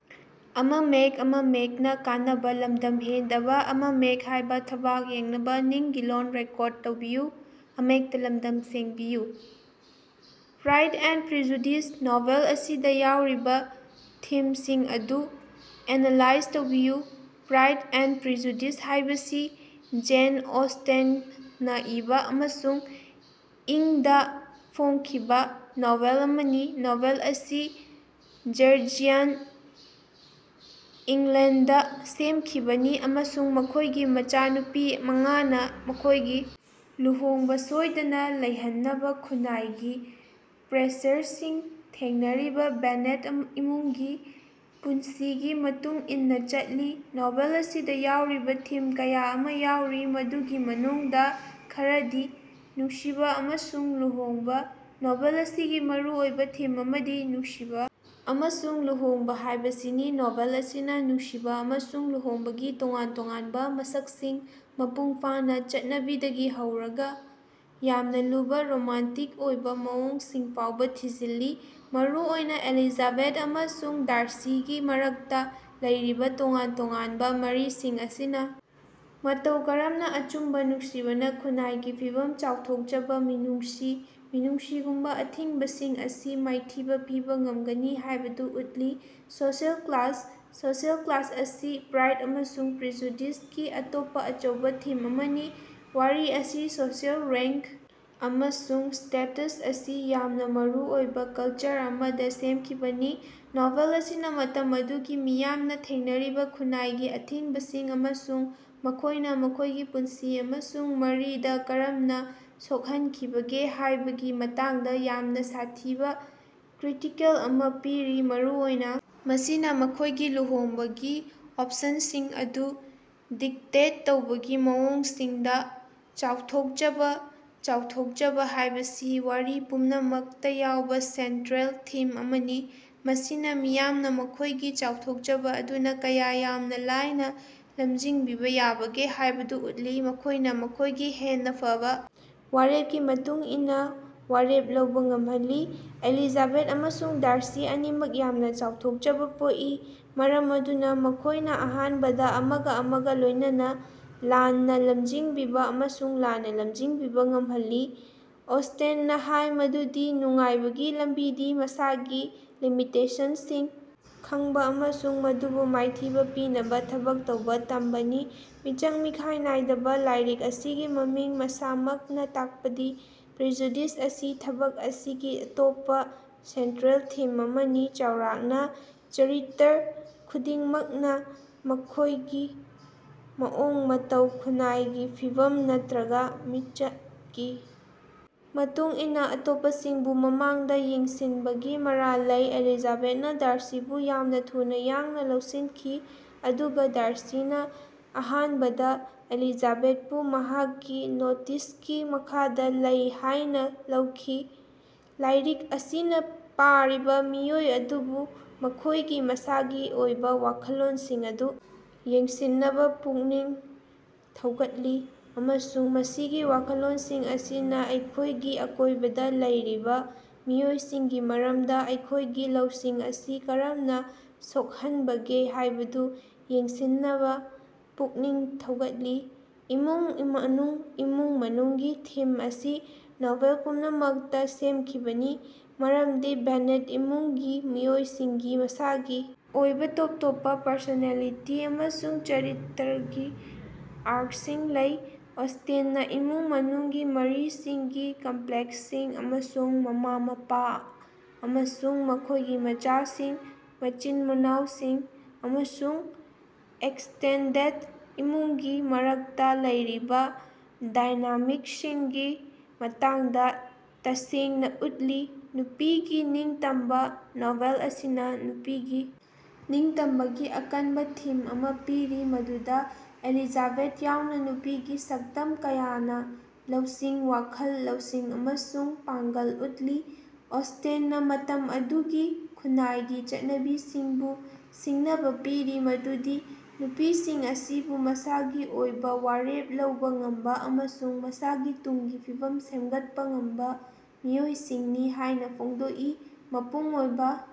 Pride and Prejudice novel ꯑꯁꯤꯗ ꯌꯥꯎꯔꯤꯕ ꯊꯤꯝꯁꯤꯡ ꯑꯗꯨ ꯑꯦꯅꯥꯂꯥꯏꯖ ꯇꯧꯕꯤꯌꯨ꯫ ꯄ꯭ꯔꯥꯏꯗ ꯑꯦꯟꯗ ꯄ꯭ꯔꯤꯖꯨꯗꯤꯁ ꯍꯥꯏꯕꯁꯤ ꯖꯦꯟ ꯑꯣꯁ꯭ꯇꯦꯟꯅ ꯏꯕꯥ ꯑꯃꯁꯨꯡ ꯏꯪ ꯗꯥ ꯐꯣꯡꯈꯤꯕ ꯅꯣꯚꯦꯜ ꯑꯃꯅꯤ, ꯅꯣꯚꯦꯜ ꯑꯁꯤ ꯖꯔꯖꯤꯌꯥꯟ ꯏꯪꯂꯦꯟꯗꯗ ꯁꯦꯝꯈꯤꯕꯅꯤ ꯑꯃꯁꯨꯡ ꯃꯈꯣꯏꯒꯤ ꯃꯆꯥꯅꯨꯄꯤ ꯃꯉꯥꯅ ꯃꯈꯣꯏꯒꯤ ꯂꯨꯍꯣꯡꯕ ꯁꯣꯏꯗꯅ ꯂꯩꯍꯟꯅꯕ ꯈꯨꯟꯅꯥꯏꯒꯤ ꯄ꯭ꯔꯦꯁꯔꯁꯤꯡ ꯊꯦꯡꯅꯔꯤꯕ ꯕꯦꯅꯦꯠ ꯏꯃꯨꯡꯒꯤ ꯄꯨꯟꯁꯤꯒꯤ ꯃꯇꯨꯡ ꯏꯟꯅ ꯆꯠꯂꯤ꯫ ꯅꯣꯚꯦꯜ ꯑꯁꯤꯗ ꯌꯥꯎꯔꯤꯕ ꯊꯤꯝ ꯀꯌꯥ ꯑꯃ ꯌꯥꯎꯔꯤ, ꯃꯗꯨꯒꯤ ꯃꯅꯨꯡꯗ ꯈꯔꯗꯤ: ꯅꯨꯡꯁꯤꯕ ꯑꯃꯁꯨꯡ ꯂꯨꯍꯣꯡꯕ – ꯅꯣꯚꯦꯜ ꯑꯁꯤꯒꯤ ꯃꯔꯨ ꯑꯣꯏꯕ ꯊꯤꯝ ꯑꯃꯗꯤ ꯅꯨꯡꯁꯤꯕ ꯑꯃꯁꯨꯡ ꯂꯨꯍꯣꯡꯕ ꯍꯥꯏꯕꯁꯤꯅꯤ꯫ ꯅꯣꯚꯦꯜ ꯑꯁꯤꯅ ꯅꯨꯡꯁꯤꯕ ꯑꯃꯁꯨꯡ ꯂꯨꯍꯣꯡꯕꯒꯤ ꯇꯣꯉꯥꯟ ꯇꯣꯉꯥꯟꯕ ꯃꯁꯛꯁꯤꯡ, ꯃꯄꯨꯡ ꯐꯥꯅ ꯆꯠꯅꯕꯤꯗꯒꯤ ꯍꯧꯔꯒ ꯌꯥꯝꯅ ꯂꯨꯕ ꯔꯣꯃꯥꯟꯇꯤꯛ ꯑꯣꯏꯕ ꯃꯑꯣꯡꯁꯤꯡ ꯐꯥꯎꯕ ꯊꯤꯖꯤꯜꯂꯤ꯫ ꯃꯔꯨ ꯑꯣꯏꯅ ꯑꯦꯂꯤꯖꯥꯕꯦꯊ ꯑꯃꯁꯨꯡ ꯗꯥꯔꯁꯤꯒꯤ ꯃꯔꯛꯇ ꯂꯩꯔꯤꯕ ꯇꯣꯉꯥꯟ ꯇꯣꯉꯥꯟꯕ ꯃꯔꯤꯁꯤꯡ ꯑꯁꯤꯅ ꯃꯇꯧ ꯀꯔꯝꯅ ꯑꯆꯨꯝꯕ ꯅꯨꯡꯁꯤꯕꯅ ꯈꯨꯟꯅꯥꯏꯒꯤ ꯐꯤꯚꯝ, ꯆꯥꯎꯊꯣꯛꯆꯕ, ꯃꯤꯅꯨꯡꯁꯤ, ꯃꯤꯅꯨꯡꯁꯤꯒꯨꯝꯕ ꯑꯊꯤꯡꯕꯁꯤꯡ ꯑꯁꯤ ꯃꯥꯏꯊꯤꯕꯥ ꯄꯤꯕ ꯉꯝꯒꯅꯤ ꯍꯥꯏꯕꯗꯨ ꯎꯠꯂꯤ꯫ ꯁꯣꯁꯤꯑꯦꯜ ꯀ꯭ꯂꯥꯁ – ꯁꯣꯁꯤꯑꯦꯜ ꯀ꯭ꯂꯥꯁ ꯑꯁꯤ ꯄ꯭ꯔꯥꯏꯗ ꯑꯃꯁꯨꯡ ꯄ꯭ꯔꯤꯖꯨꯗꯤꯁꯀꯤ ꯑꯇꯣꯞꯄ ꯑꯆꯧꯕ ꯊꯤꯝ ꯑꯃꯅꯤ꯫ ꯋꯥꯔꯤ ꯑꯁꯤ ꯁꯣꯁꯤꯑꯦꯜ ꯔꯦꯡꯛ ꯑꯃꯁꯨꯡ ꯁ꯭ꯇꯦꯇꯁ ꯑꯁꯤ ꯌꯥꯝꯅ ꯃꯔꯨꯑꯣꯏꯕ ꯀꯜꯆꯔ ꯑꯃꯗ ꯁꯦꯝꯈꯤꯕꯅꯤ꯫ ꯅꯣꯚꯦꯜ ꯑꯁꯤꯅ ꯃꯇꯝ ꯑꯗꯨꯒꯤ ꯃꯤꯌꯥꯝꯅ ꯊꯦꯡꯅꯔꯤꯕ ꯈꯨꯟꯅꯥꯏꯒꯤ ꯑꯊꯤꯡꯕꯁꯤꯡ ꯑꯃꯁꯨꯡ ꯃꯈꯣꯏꯅ ꯃꯈꯣꯏꯒꯤ ꯄꯨꯟꯁꯤ ꯑꯃꯁꯨꯡ ꯃꯔꯤꯗ ꯀꯔꯝꯅ ꯁꯣꯛꯍꯟꯈꯤꯕꯒꯦ ꯍꯥꯏꯕꯒꯤ ꯃꯇꯥꯡꯗ ꯌꯥꯝꯅ ꯁꯥꯊꯤꯕ ꯀ꯭ꯔꯤꯇꯤꯀꯦꯜ ꯑꯃ ꯄꯤꯔꯤ, ꯃꯔꯨ ꯑꯣꯏꯅ ꯃꯁꯤꯅ ꯃꯈꯣꯏꯒꯤ ꯂꯨꯍꯣꯡꯕꯒꯤ ꯑꯣꯄꯁꯟꯁꯤꯡ ꯑꯗꯨ ꯗꯤꯛꯇꯦꯠ ꯇꯧꯕꯒꯤ ꯃꯑꯣꯡꯁꯤꯡꯗ꯫ ꯆꯥꯎꯊꯣꯛꯆꯕ ꯆꯥꯎꯊꯣꯛꯆꯕ ꯍꯥꯏꯕꯁꯤ ꯋꯥꯔꯤ ꯄꯨꯝꯅꯃꯛꯇ ꯌꯥꯎꯕ ꯁꯦꯟꯇꯔꯦꯜ ꯊꯤꯝ ꯑꯃꯅꯤ꯫ ꯃꯁꯤꯅ ꯃꯤꯌꯥꯝꯅ ꯃꯈꯣꯏꯒꯤ ꯆꯥꯎꯊꯣꯛꯆꯕ ꯑꯗꯨꯅ ꯀꯌꯥ ꯌꯥꯝꯅ ꯂꯥꯏꯅ ꯂꯝꯖꯤꯡꯕꯤꯕ ꯌꯥꯕꯒꯦ ꯍꯥꯏꯕꯗꯨ ꯎꯠꯂꯤ, ꯃꯈꯣꯏꯅ ꯃꯈꯣꯏꯒꯤ ꯍꯦꯟꯅ ꯐꯕꯥ ꯋꯥꯔꯦꯞꯀꯤ ꯃꯇꯨꯡ ꯏꯟꯅꯥ ꯋꯥꯔꯦꯞ ꯂꯧꯕꯥ ꯉꯝꯍꯜꯂꯤ꯫ ꯑꯦꯂꯤꯖꯥꯕꯦꯊ ꯑꯃꯁꯨꯡ ꯗꯥꯔꯁꯤ ꯑꯅꯤꯃꯛ ꯌꯥꯝꯅ ꯆꯥꯎꯊꯣꯛꯆꯕ ꯄꯣꯛꯏ, ꯃꯔꯝ ꯑꯗꯨꯅ ꯃꯈꯣꯏꯅ ꯑꯍꯥꯅꯕꯗ ꯑꯃꯒ ꯑꯃꯒ ꯂꯣꯏꯅꯅ ꯂꯥꯟꯅ ꯂꯝꯖꯤꯡꯕꯤꯕ ꯑꯃꯁꯨꯡ ꯂꯥꯟꯅ ꯂꯝꯖꯤꯡꯕꯤꯕ ꯉꯝꯍꯜꯂꯤ꯫ ꯑꯣꯁ꯭ꯇꯦꯟꯅ ꯍꯥꯏ ꯃꯗꯨꯗꯤ ꯅꯨꯡꯉꯥꯏꯕꯒꯤ ꯂꯝꯕꯤꯗꯤ ꯃꯁꯥꯒꯤ ꯂꯤꯃꯤꯇꯦꯁꯟꯁꯤꯡ ꯈꯪꯕꯥ ꯑꯃꯁꯨꯡ ꯃꯗꯨꯕꯨ ꯃꯥꯏꯊꯤꯕꯥ ꯄꯤꯅꯕꯥ ꯊꯕꯛ ꯇꯧꯕꯥ ꯇꯝꯕꯅꯤ꯫ ꯃꯤꯆꯪ-ꯃꯤꯈꯥꯏ ꯅꯥꯏꯗꯕ ꯂꯥꯏꯔꯤꯛ ꯑꯁꯤꯒꯤ ꯃꯃꯤꯡ ꯃꯁꯥꯃꯛꯅꯥ ꯇꯥꯛꯄꯗꯤ ꯄ꯭ꯔꯤꯖꯨꯗꯤꯁ ꯑꯁꯤ ꯊꯕꯛ ꯑꯁꯤꯒꯤ ꯑꯇꯣꯞꯄꯥ ꯁꯦꯟꯇꯔꯦꯜ ꯊꯤꯝ ꯑꯃꯅꯤ꯫ ꯆꯥꯎꯔꯥꯛꯅ ꯆꯔꯤꯇꯔ ꯈꯨꯗꯤꯡꯃꯛꯅ ꯃꯈꯣꯏꯒꯤ ꯃꯑꯣꯡ ꯃꯇꯧ, ꯈꯨꯟꯅꯥꯏꯒꯤ ꯐꯤꯚꯝ ꯅꯠꯇꯔꯒꯥ ꯃꯤꯡꯆꯠꯀꯤ ꯃꯇꯨꯡ ꯏꯟꯅꯥ ꯑꯇꯣꯞꯄꯁꯤꯡꯕꯨ ꯃꯃꯥꯡꯗꯥ ꯌꯦꯡꯁꯤꯟꯕꯒꯤ ꯃꯔꯥꯜ ꯂꯩ꯫ ꯑꯦꯂꯤꯖꯥꯕꯦꯊꯅꯥ ꯗꯥꯔꯁꯤꯕꯨ ꯌꯥꯝꯅꯥ ꯊꯨꯅꯥ ꯌꯥꯡꯅ ꯂꯧꯁꯤꯟꯈꯤ, ꯑꯗꯨꯒꯥ ꯗꯥꯔꯁꯤꯅꯥ ꯑꯍꯥꯟꯕꯗꯥ ꯑꯦꯂꯤꯖꯥꯕꯦꯊꯕꯨ ꯃꯍꯥꯛꯀꯤ ꯅꯣꯇꯤꯁꯀꯤ ꯃꯈꯥꯗꯥ ꯂꯩ ꯍꯥꯏꯅꯥ ꯂꯧꯏ꯫ ꯂꯥꯏꯔꯤꯛ ꯑꯁꯤꯅꯥ ꯄꯥꯔꯤꯕꯥ ꯃꯤꯑꯣꯏ ꯑꯗꯨꯕꯨ ꯃꯈꯣꯏꯒꯤ ꯃꯁꯥꯒꯤ ꯑꯣꯏꯕ ꯋꯥꯈꯜꯂꯣꯟꯁꯤꯡ ꯑꯗꯨ ꯌꯦꯡꯁꯤꯟꯅꯕꯥ ꯄꯨꯛꯅꯤꯡ ꯊꯧꯒꯠꯂꯤ, ꯑꯃꯁꯨꯡ ꯃꯁꯤꯒꯤ ꯋꯥꯈꯜꯂꯣꯟꯁꯤꯡ ꯑꯁꯤꯅꯥ ꯑꯩꯈꯣꯏꯒꯤ ꯑꯀꯣꯏꯕꯗ ꯂꯩꯔꯤꯕꯥ ꯃꯤꯑꯣꯏꯁꯤꯡꯒꯤ ꯃꯔꯝꯗ ꯑꯩꯈꯣꯏꯒꯤ ꯂꯧꯁꯤꯡ ꯑꯁꯤ ꯀꯔꯝꯅ ꯁꯣꯛꯍꯟꯕꯒꯦ ꯍꯥꯏꯕꯗꯨ ꯌꯦꯡꯁꯤꯟꯅꯕꯥ ꯄꯨꯛꯅꯤꯡ ꯊꯧꯒꯠꯂꯤ꯫ ꯏꯃꯨꯡ-ꯃꯅꯨꯡ ꯏꯃꯨꯡ-ꯃꯅꯨꯡꯒꯤ ꯊꯤꯝ ꯑꯁꯤ ꯅꯣꯚꯦꯜ ꯄꯨꯝꯅꯃꯛꯇꯥ ꯁꯦꯝꯈꯤꯕꯅꯤ, ꯃꯔꯝꯗꯤ ꯕꯦꯅꯦꯠ ꯏꯃꯨꯡꯒꯤ ꯃꯤꯑꯣꯏꯁꯤꯡꯒꯤ ꯃꯁꯥꯒꯤ ꯑꯣꯏꯕꯥ ꯇꯣꯞ ꯇꯣꯞꯄꯥ ꯄꯔꯁꯣꯅꯦꯂꯤꯇꯤ ꯑꯃꯁꯨꯡ ꯆꯔꯤꯇꯔꯒꯤ ꯑꯥꯔꯛꯁꯤꯡ ꯂꯩ꯫ ꯑꯣꯁ꯭ꯇꯦꯟꯅꯥ ꯏꯃꯨꯡ ꯃꯅꯨꯡꯒꯤ ꯃꯔꯤꯁꯤꯡꯒꯤ ꯀꯝꯄ꯭ꯂꯦꯛꯁꯁꯤꯡ ꯑꯃꯁꯨꯡ ꯃꯃꯥ-ꯃꯄꯥ ꯑꯃꯁꯨꯡ ꯃꯈꯣꯏꯒꯤ ꯃꯆꯥꯁꯤꯡ, ꯃꯆꯤꯟ-ꯃꯅꯥꯑꯣꯁꯤꯡ ꯑꯃꯁꯨꯡ ꯑꯦꯛꯁꯇꯦꯟꯗꯦꯗ ꯏꯃꯨꯡꯒꯤ ꯃꯔꯛꯇꯥ ꯂꯩꯔꯤꯕꯥ ꯗꯥꯏꯅꯥꯃꯤꯛꯁꯤꯡꯒꯤ ꯃꯇꯥꯡꯗꯥ ꯇꯁꯦꯡꯅꯥ ꯎꯠꯂꯤ꯫ ꯅꯨꯄꯤꯒꯤ ꯅꯤꯡꯇꯝꯕꯥ ꯅꯣꯚꯦꯜ ꯑꯁꯤꯅꯥ ꯅꯨꯄꯤꯒꯤ ꯅꯤꯡꯇꯝꯕꯒꯤ ꯑꯀꯟꯕꯥ ꯊꯤꯝ ꯑꯃꯥ ꯄꯤꯔꯤ, ꯃꯗꯨꯗꯥ ꯑꯦꯂꯤꯖꯥꯕꯦꯊ ꯌꯥꯎꯅ ꯅꯨꯄꯤꯒꯤ ꯁꯛꯇꯝ ꯀꯌꯥꯅꯥ ꯂꯧꯁꯤꯡ, ꯋꯥꯈꯜ ꯂꯧꯁꯤꯡ ꯑꯃꯁꯨꯡ ꯄꯥꯡꯒꯜ ꯎꯠꯂꯤ꯫ ꯑꯣꯁ꯭ꯇꯦꯟꯅꯥ ꯃꯇꯝ ꯑꯗꯨꯒꯤ ꯈꯨꯟꯅꯥꯏꯒꯤ ꯆꯠꯅꯕꯤꯁꯤꯡꯕꯨ ꯁꯤꯡꯅꯕ ꯄꯤꯔꯤ ꯃꯗꯨꯗꯤ ꯅꯨꯄꯤꯁꯤꯡ ꯑꯁꯤꯕꯨ ꯃꯁꯥꯒꯤ ꯑꯣꯏꯕꯥ ꯋꯥꯔꯦꯞ ꯂꯧꯕꯥ ꯉꯝꯕꯥ ꯑꯃꯁꯨꯡ ꯃꯁꯥꯒꯤ ꯇꯨꯡꯒꯤ ꯐꯤꯕꯝ ꯁꯦꯝꯒꯠꯄ ꯉꯝꯕ ꯃꯤꯑꯣꯏꯁꯤꯡꯅꯤ ꯍꯥꯏꯅ ꯐꯣꯡꯗꯣꯛꯏ꯫ ꯃꯄꯨꯡ ꯑꯣꯏꯕ।